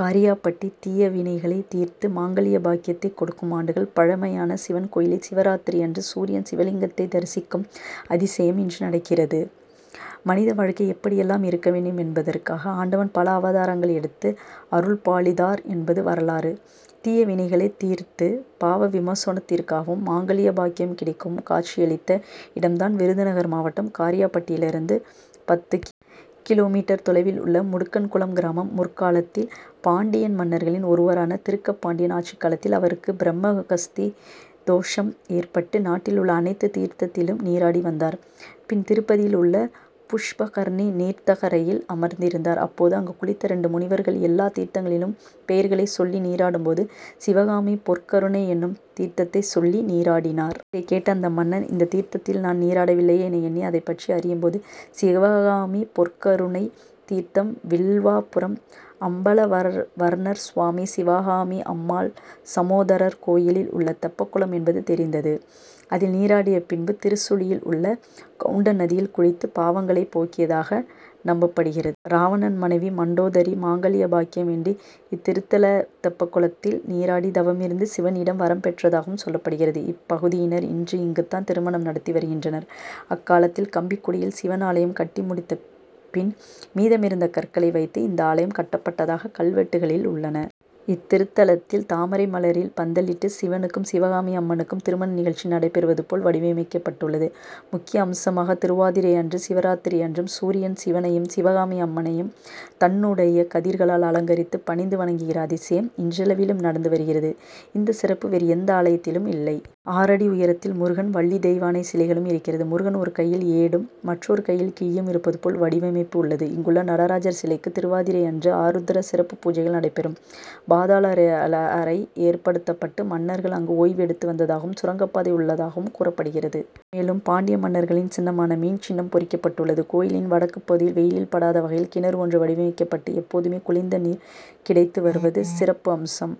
காரியாபட்டி தீயவினைகளை தீர்த்து மாங்கல்ய பாக்கியத்தை கொடுக்கும் ஆண்டுகள் பழமையான சிவன்கோயிலில் சிவராத்திரி அன்று சூரியன் சிவலிங்கத்தை தரிசிக்கும் அதிசயம் இன்றும் நடக்கிறது. மனித வாழ்க்கை எப்படி எல்லாம் இருக்க வேண்டும் என்பதற்காக ஆண்டவன் பல அவதாரங்கள் எடுத்து அருள்பாலித்தார் என்பது வரலாறு. தீயவினைகளை தீர்த்து பாவ விமோசனத்திற்காகவும் மாங்கல்ய பாக்கியம் கிடைக்கவும் காட்சி அளித்த இடம்தான் விருதுநகர் மாவட்டம் காரியாபட்டியிலிருந்து பத்து கி. மீ.தொலைவில் உள்ள முடுக்கன்குளம் கிராமம். முற்காலத்தில் பாண்டியமன்னர்களில் ஒருவரான திருக்கபாண்டியன் ஆட்சி காலத்தில் அவருக்கு பிரம்மகஸ்தி தோஷம் ஏற்பட்டு நாட்டில் உள்ள அனைத்து தீர்த்தத்திலும் நீராடி வந்தார். பின் திருப்பதியில் உள்ள புஷ்பகர்ணி தீர்த்தகரையில் அமர்ந்திருந்தார். அப்போது அங்கு குளித்த இரண்டு முனிவர்கள் எல்லா தீர்த்தங்களின் பெயர்களை சொல்லி நீராடும்போது சிவகாமி பொற்கருனை எனும் தீர்த்தத்தை சொல்லி நீராடினர். இதை கேட்ட அந்த மன்னன் இந்த தீர்த்ததில் நான் நீராடவில்லையே என எண்ணி அதைப்பற்றி அறியும்போது சிவகாமி பொற்கருனை தீர்த்தம் வில்வபுரம் அம்பலவாணர்சுவாமி சிவகாமி அம்மாள் சமேதரர் கோயில் உள்ள தெப்பக்குளம் என்பது தெரிந்தது. அதில் நீராடி பின் திருச்சுழியில் உள்ள கவுண்டநதியில் குளித்து பாவங்களை போக்கியதாக நம்பப்படுகிறது. ராவணன் மனைவி மண்டோதரி மாங்கல்ய பாக்கியம் வேண்டி இத்திருத்தல தெப்பகுளத்தில் நீராடி தவமிருந்து சிவனிடம் வரம் பெற்றதாகவும் சொல்லப்படுகிறது. இப்பகுதியினர் இன்றும் இங்குதான் திருமணம் நடத்தி வருகின்றனர். அக்காலத்தில் கம்பிக்குடியில் சிவன் ஆலயம் கட்டி முடித்த பின் மீதமிருந்த கற்களை வைத்து இந்த ஆலயம் கட்டப்பட்டதாக கல்வெட்டுகளில் உள்ளன. இத்திருத்தலத்தில் தாமரை மலரில் பந்தலிட்டு சிவனுக்கும் சிவகாமி அம்மனுக்கும் திருமண நிகழ்ச்சி நடைபெறுவதுபோல் வடிவமைக்கப்பட்டுள்ளது. முக்கிய அம்சமாக திருவாதிரை அன்றும் சிவராத்திரி அன்றும் சூரியன் சிவனையும் சிவகாமி அம்மனையும் தன்னுடைய கதிர்களால் அலங்கரித்து பணிந்து வணங்குகிற அதிசயம் இன்றளவிலும் நடந்து வருகிறது. இந்த சிறப்பு வேறு எந்த ஆலயத்திலும் இல்லை. ஆறு அடி உயரத்தில் முருகன் வள்ளி தெய்வானை சிலைகளும் இருக்கிறது. முருகன் ஒரு கையில் ஏடும் மற்றொரு கையில் கிளியும் இருப்பது போல் வடிவமைப்பு உள்ளது. இங்குள்ள நடராஜர் சிலைக்கு திருவாதிரை அன்று ஆருத்ரா சிறப்பு பூஜைகள் நடைபெறும். பாதாள அறை ஏற்படுத்தப்பட்டு மன்னர்கள் அங்கு ஓய்வு எடுத்து வந்ததாகவும் சுரங்கப்பாதை உள்ளதாகவும் கூறப்படுகிறது. மேலும் பாண்டிய மன்னர்களின் சின்னமான மீன் சின்னம் பொறிக்கப்பட்டுள்ளது. கோயிலின் வடபகுதியில் வெயில் படாத வகையில் கிணறு ஒன்று வடிவமைக்கப்பட்டு எப்போதுமே குளிர்ந்த நீர் கிடைத்து வருவது சிறப்பு அம்சம்.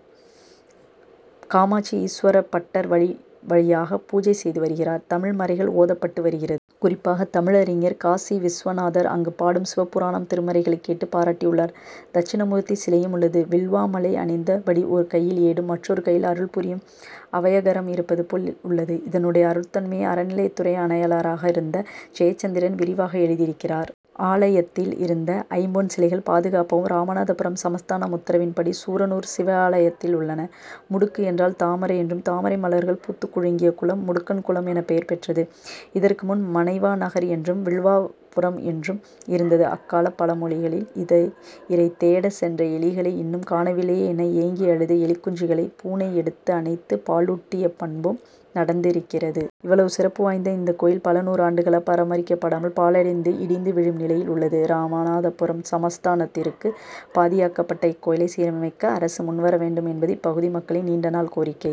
காமாட்சி ஈஸ்வர பட்டர் வழி வழியாக பூஜை செய்து வருகிறார். தமிழ் மறைகள் ஓதப்பட்டு வருகிறது. குறிப்பாக தமிழ் அறிஞர் காசிவிசுநாதர் அங்கு பாடும் சிவபுராணம் திருமறைகளை கேட்டு பாராட்டி உள்ளார். தட்சிணாமூர்த்தி சிலையும் உள்ளது. வில்வ மாலை அணிந்த படி ஒரு கையில் ஏடும் மற்றொது கையில் அருள் புரியும் அவையகரம் இருப்பது போல் உள்ளது. இதனுடைய அருட்தன்மையை அறநிலையத்துறை ஆணையாளராக இருந்த ஜெயச்சந்திரன் விரிவாக எழுதி இருக்கிறார். ஆலயத்தில் இருந்த ஐம்பொன் சிலைகள் பாதுகாப்புக்காக ராமநாதபுரம் சமஸ்தானம் உத்தரவின்படி சூரனூர் சிவாலயத்தில் உள்ளன. முடுக்கு என்றால் தாமரை என்றும் தாமரை மலர்கள் பூத்துக் குலுங்கிய குளம் முடுக்கன்களம் என பெயர் பெற்றது. இதற்கு முன் மனைவநகர் என்றும் வில்வபுரம் என்றும் இருந்தது. அக்கால பழமொழிகளில் இறைதேட சென்ற எலிகளை இன்னும் காணவில்லையே என ஏங்கி அழுத எலி குஞ்சுகளை பூனை எடுத்து அணைத்து பாலூட்டிய பண்பும் நடந்திருக்கிறது. இவ்வளவு சிறப்பு வாய்ந்த இந்த கோயில் பல நூறு ஆண்டுகளாக பராமரிக்கப்படாமல் பாழடைந்து இடிந்து விழும் நிலையில் உள்ளது. ராமநாதபுரம் சமஸ்தானத்திற்கு பாத்தியப்பட்ட இக்கோயிலை சீரமைக்க அரசு முன்வரவேண்டும் என்பது இப்பகுதி மக்களின் நீண்ட நாள் கோரிக்கை.